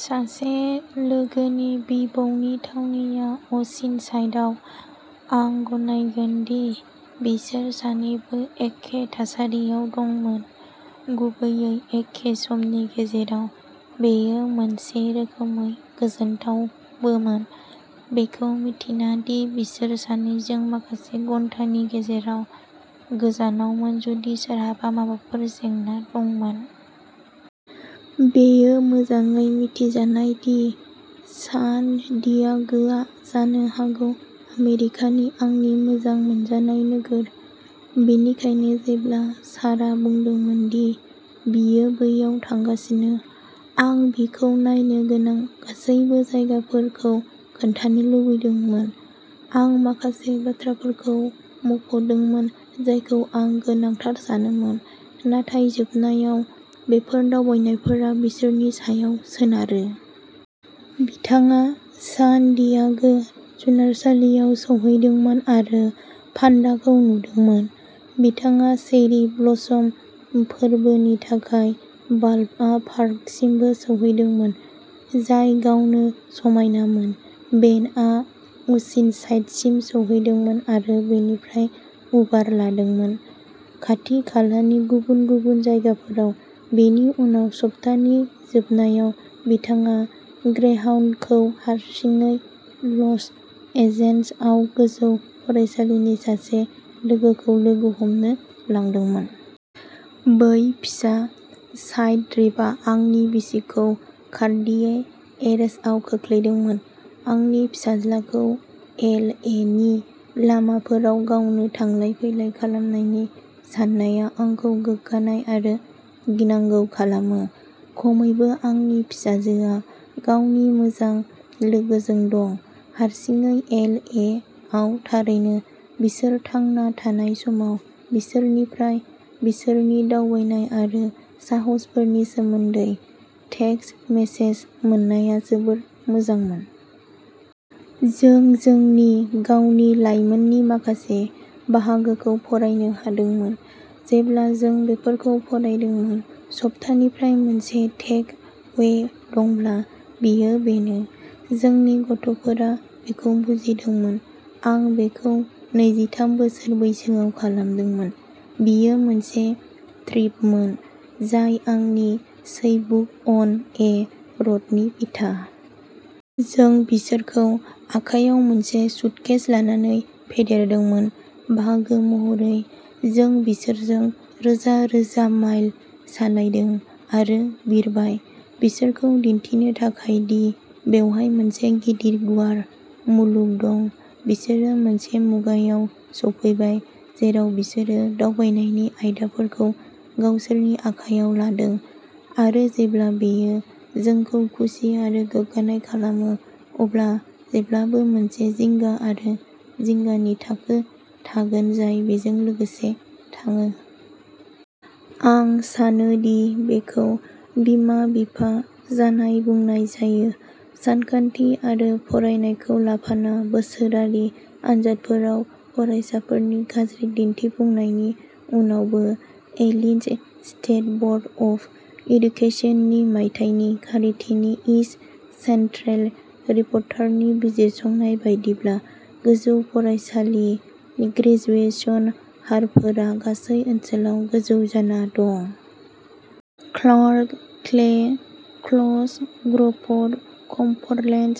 सासे लोगोनि बिबौनि थावनिया अ'सिनसाइडआव। आं गनायगोन दि बिसोर सानैबो एखे थासारियाव दंमोन, गुबैयै एखे समनि गेजेराव। बेयो मोनसे रोखोमै गोजोनथावबोमोन, बेखौ मिन्थिना दि बिसोर सानैजों माखासे घन्टानि गेजेराव गोजानावमोन जुदि सोरहाबा माबाफोर जेंना दंमोन। बेयो मोजाङै मिथिजानाय दि सान डियागोआ जानो हागौ आमेरिकानि आंनि मोजां मोनजानाय नोगोर। बेनिखायनो जेब्ला साराया बुंदोंमोन दि बियो बैयाव थांगासिनो, आं बिखौ नायनो गोनां गासैबो जायगाफोरखौ खोन्थानो लुबैदोंमोन। आं माखासे बाथ्राफोरखौ मुंख'दोंमोन जायखौ आं गोनांथार सानोमोन, नाथाय जोबनायाव, बेफोर दावबायनायफोरा बिसोरनि सायाव सोनारो। बिथाङा सान डियागो जुनारसालियाव सौहैदोंमोन आरो पान्डाफोरखौ नुदोंमोन। बिथाङा चेरी ब्लसम फोरबोनि थाखाय बालब'आ पार्कसिमबो सौहैदोंमोन, जाय गावनो समायनामोन। बेनआ अ'सिनसाइडसिम सौहैदोंमोन आरो बेनिफ्राय उबार लादोंमोन। खाथिखालानि गुबुन गुबुन जायगाफोराव। बेनि उनाव, सप्तानि जोबनायाव, बिथाङा ग्रेहाउन्डखौ हारसिङै ल'स एन्जेल्सआव गोजौ फरायसालिनि सासे लोगोखौ लोगो हमनो लांदोंमोन। बै फिसा साइड ट्रिपआ आंनि बिसिखौ कार्डिएक एरेस्टआव खोख्लैदोंमोन। आंनि फिसाज्लाखौ एल ए नि लामाफोराव गावनो थांलाय फैलाय खालामनायनि साननाया आंखौ गोग्गानाय आरो गिनांगौ खालामो। खमैबो आंनि फिसाजोआ गावनि मोजां लोगोजों दं। हारसिङै एल ए आव थारैनो, बिसोर थांना थानाय समाव बिसोरनिफ्राय बिसोरनि दावबायनाय आरो साहसफोरनि सोमोन्दै टेक्सट मेसेज मोननाया जोबोद मोजांमोन। जों जोंनि गावनि लायमोननि माखासे बाहागोखौ फरायनो हादोंमोन जेब्ला जों बेफोरखौ फरायदोंमोन। सप्तानिफ्राय मोनसे टेक अवे दंब्ला, बेयो बेनो। जोंनि गथ'फोरा बेखौ बुजिदोंमोन। आं बेखौ नैजिथाम बोसोर बैसोआव खालामदोंमोन। बेयो मोनसे ट्रिपमोन जाय आंनि चैपबुक, अन ए र'डनि बिथा। जों बिसोरखौ आखायाव मोनसे सुटकेस लानानै फेदेरदोंमोन। बाहागो महरै। जों बिसोरजों रोजा रोजा माइल सालायदों आरो बिरबाय, बिसोरखौ दिन्थिनो थाखाय दि बेवहाय मोनसे गिदिर गुवार मुलुग दं। बिसोरो मोनसे मुगायाव सफैबाय जेराव बिसोरो दावबायनायनि आयदाफोरखौ गावसोरनि आखायाव लादों आरो जेब्ला बेयो जोंखौ खुसि आरो गोग्गानाय खालामो, अब्ला जेब्लाबो मोनसे जिंगा आरो जिंगानि थाखो थागोन जाय बेजों लोगोसे थाङो। आं सानो दि बेखौ बिमा-बिफा जानाय बुंनाय जायो। सानखान्थि आरो फरायनायखौ लाफाना बोसोरारि आनजादफोराव फरायसाफोरनि गाज्रि दिन्थिफुंनायनि उनावबो, इलिन'इस स्टेट बर्ड अफ एडुकेशननि मायथाइनि खारिथिनि इस्ट सेन्ट्रेल रिपर्टारनि बिजिरसंनाय बायदिब्ला, गोजौ फरायसालि ग्रेजुएशन हारफोरा गासै ओनसोलाव गोजौ जाना दं। Clark, Clay, Coles, Crawford, Cumberland,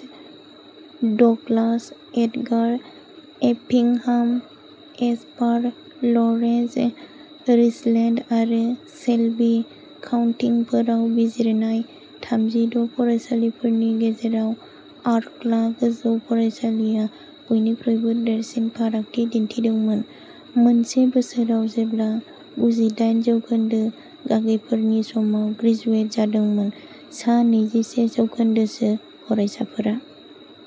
Douglas, Edgar, Effingham, Jasper, Lawrence, Richland आरो शेल्बी काउन्टिफोराव बिजिरजानाय थामजि द' फरायसालिफोरनि गेजेराव आर्क'ला गोजौ फरायसालिआ बयनिख्रुइबो देरसिन फारागथि दिन्थिदोंमोन। मोनसे बोसोराव जेब्ला गुजिदायेन जौखोन्दो गागिफोरा समाव ग्रेजुवेट जादोंमोन, सा नैजिसे जौखोन्दोसो फरायसाफोरा।